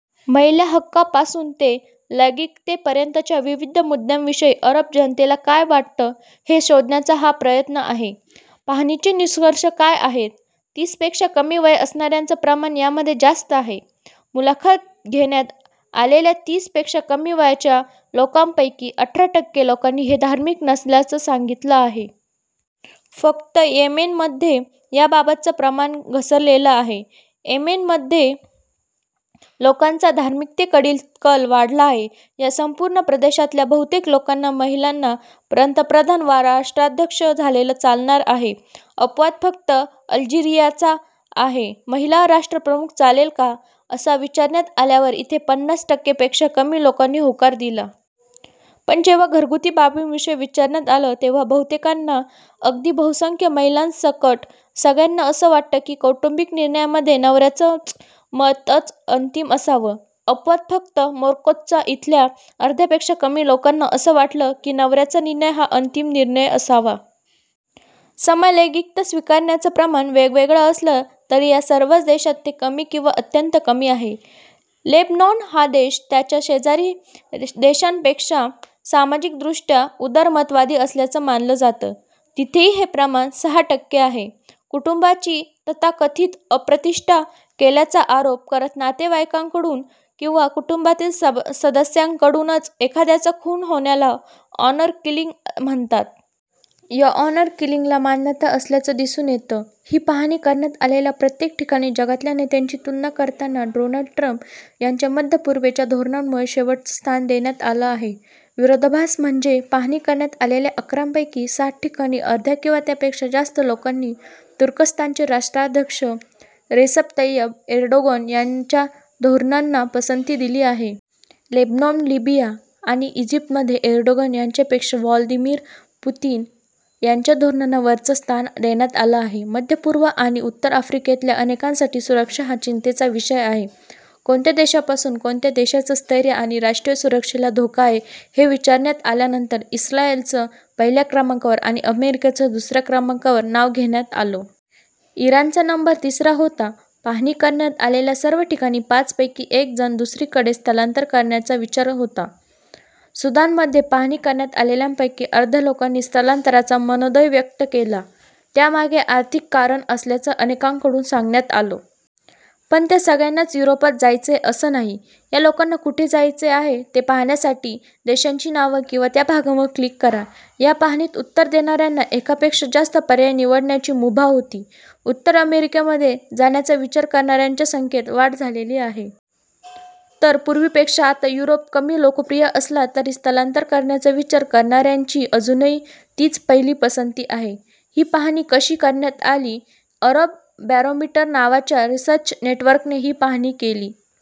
महिला हक्कांपासून ते लैंगिकतेपर्यंतच्या विविध मुद्द्यांविषयी अरब जनतेला काय वाटतं हे शोधण्याचा हा प्रयत्न आहे. पाहणीचे निष्कर्ष काय आहेत? तीसपेक्षा कमी वय असणाऱ्यांचं प्रमाण यामध्ये जास्त आहे. मुलाखत घेण्यात आलेल्या तीस पेक्षा कमी वयाच्या लोकांपैकी अठरा टक्के लोकांनी ते धार्मिक नसल्याचं सांगितलं आहे. फक्त येमेनमध्ये याबाबतचं प्रमाण घसरलेलं आहे. येमेनमध्ये लोकांचा धार्मिकतेकडील कल वाढला आहे. या संपूर्ण प्रदेशातल्या बहुतेक लोकांना महिलांना पंतप्रधान वा राष्ट्राध्यक्ष झालेलं चालणार आहे. अपवाद फक्त अल्जिरियाचा आहे. महिला राष्ट्रप्रमुख चालेल का? असं विचारण्यात आल्यावर इथे पन्नास टक्के पेक्षा कमी लोकांनी होकार दिला. पण जेव्हा घरगुती बाबींविषयी विचारण्यात आलं तेव्हा बहुतेकांना अगदी बहुसंख्य महिलांसकट सगळ्यांना असं वाटतं की कौटुंबिक निर्णयामध्ये नवऱ्याचं मतच अंतिम असावं. अपवाद फक्त मोरक्कोचा. इथल्या अर्ध्यापेक्षा कमी लोकांना असं वाटलं की नवऱ्याचा निर्णय हा अंतिम निर्णय असावा. समलैंगिकता स्वीकारण्याचं प्रमाण वेगवेगळं असलं तरी या सर्वच प्रदेशात ते कमी किंवा अत्यंत कमी आहे. लेबनॉन हा देश त्याच्या शेजारी देशांपेक्षा सामाजिकदृष्ट्या उदारमतवादी असल्याचं मानलं जातं. तिथेही हे प्रमाण सहा टक्के आहे. कुटुंबाची तथाकथित अप्रतिष्ठा केल्याचा आरोप करत नातेवाईकाकडून किंवा कुटुंबातील सदस्याकडूनच एखाद्याचा खून होण्याला ऑनर किलिंग म्हणतात. या ऑनर किलिंगला मान्यता असल्याचं दिसून येतं. ही पाहणी करण्यात आलेल्या प्रत्येक ठिकाणी जगातल्या नेत्यांची तुलना करताना डोनाल्ड ट्रंप यांच्या मध्य-पूर्वेच्या धोरणांमुळे शेवटचं स्थान देण्यात आलं आहे. विरोधाभास म्हणजे पाहणी करण्यात आलेल्या अकरा पैकी सात ठिकाणी अर्ध्या किंवा त्यापेक्षा जास्त लोकांनी तुर्कस्तानचे राष्ट्राध्यक्ष रेसप तय्यप एर्डोगन यांच्या धोरणांना पसंती दिली आहे. लेबनॉन, लिबिया आणि इजिप्तमध्ये एर्डोगन यांच्यापेक्षा व्लादिमिर पुतीन यांच्या धोरणांना वरचं स्थान देण्यात आलं आहे. मध्य-पूर्व आणि उत्तर आफ्रिकेतल्या अनेकांसाठी सुरक्षा हा चिंतेचा विषय आहे. कोणत्या देशापासून त्यांच्या देशाचं स्थैर्य आणि राष्ट्रीय सुरक्षेला धोका आहे हे विचारण्यात आल्यानंतर इस्रायलचं पहिल्या क्रमाकांवर आणि अमेरिकेचं दुसऱ्या क्रमांकावर नाव घेण्यात आलं. इराणचा नंबर तिसरा होता. पाहणी करण्यात आलेल्या सर्व ठिकाणी पाचपैकी एक जण दुसरीकडे स्थलांतर करण्याच्या विचारात होता. सुदानमध्ये पाहणी करण्यात आलेल्यांपैकी अर्ध्या लोकांनी स्थलांतराचा मनोदय व्यक्त केला. त्यामागे आर्थिक कारणं असल्याचं अनेकांकडून सांगण्यात आलं. पण त्या सगळ्यांनाच युरोपात जायचंय, असं नाही या लोकांना कुठे जायचं आहे ते पाहण्यासाठी देशांची नावं किंवा त्या भागांवर क्लिक करा. या पाहणीत उत्तरं देणाऱ्यांना एकापेक्षा जास्त पर्याय निवडण्याची मुभा होती. उत्तर अमेरिकेमध्ये जाण्याचा विचार करणाऱ्यांच्या संख्येत वाढ झालेली आहे. तर पूर्वीपेक्षा आता युरोप कमी लोकप्रिय असला तरी स्थलांतर करण्याचा विचार करणाऱ्यांची अजूनही तीच पहिली पसंती आहे. ही पाहणी कशी करण्यात आली? अरब बॅरोमीटर नावाच्या रिसर्च नेटवर्कने ही पाहणी केली.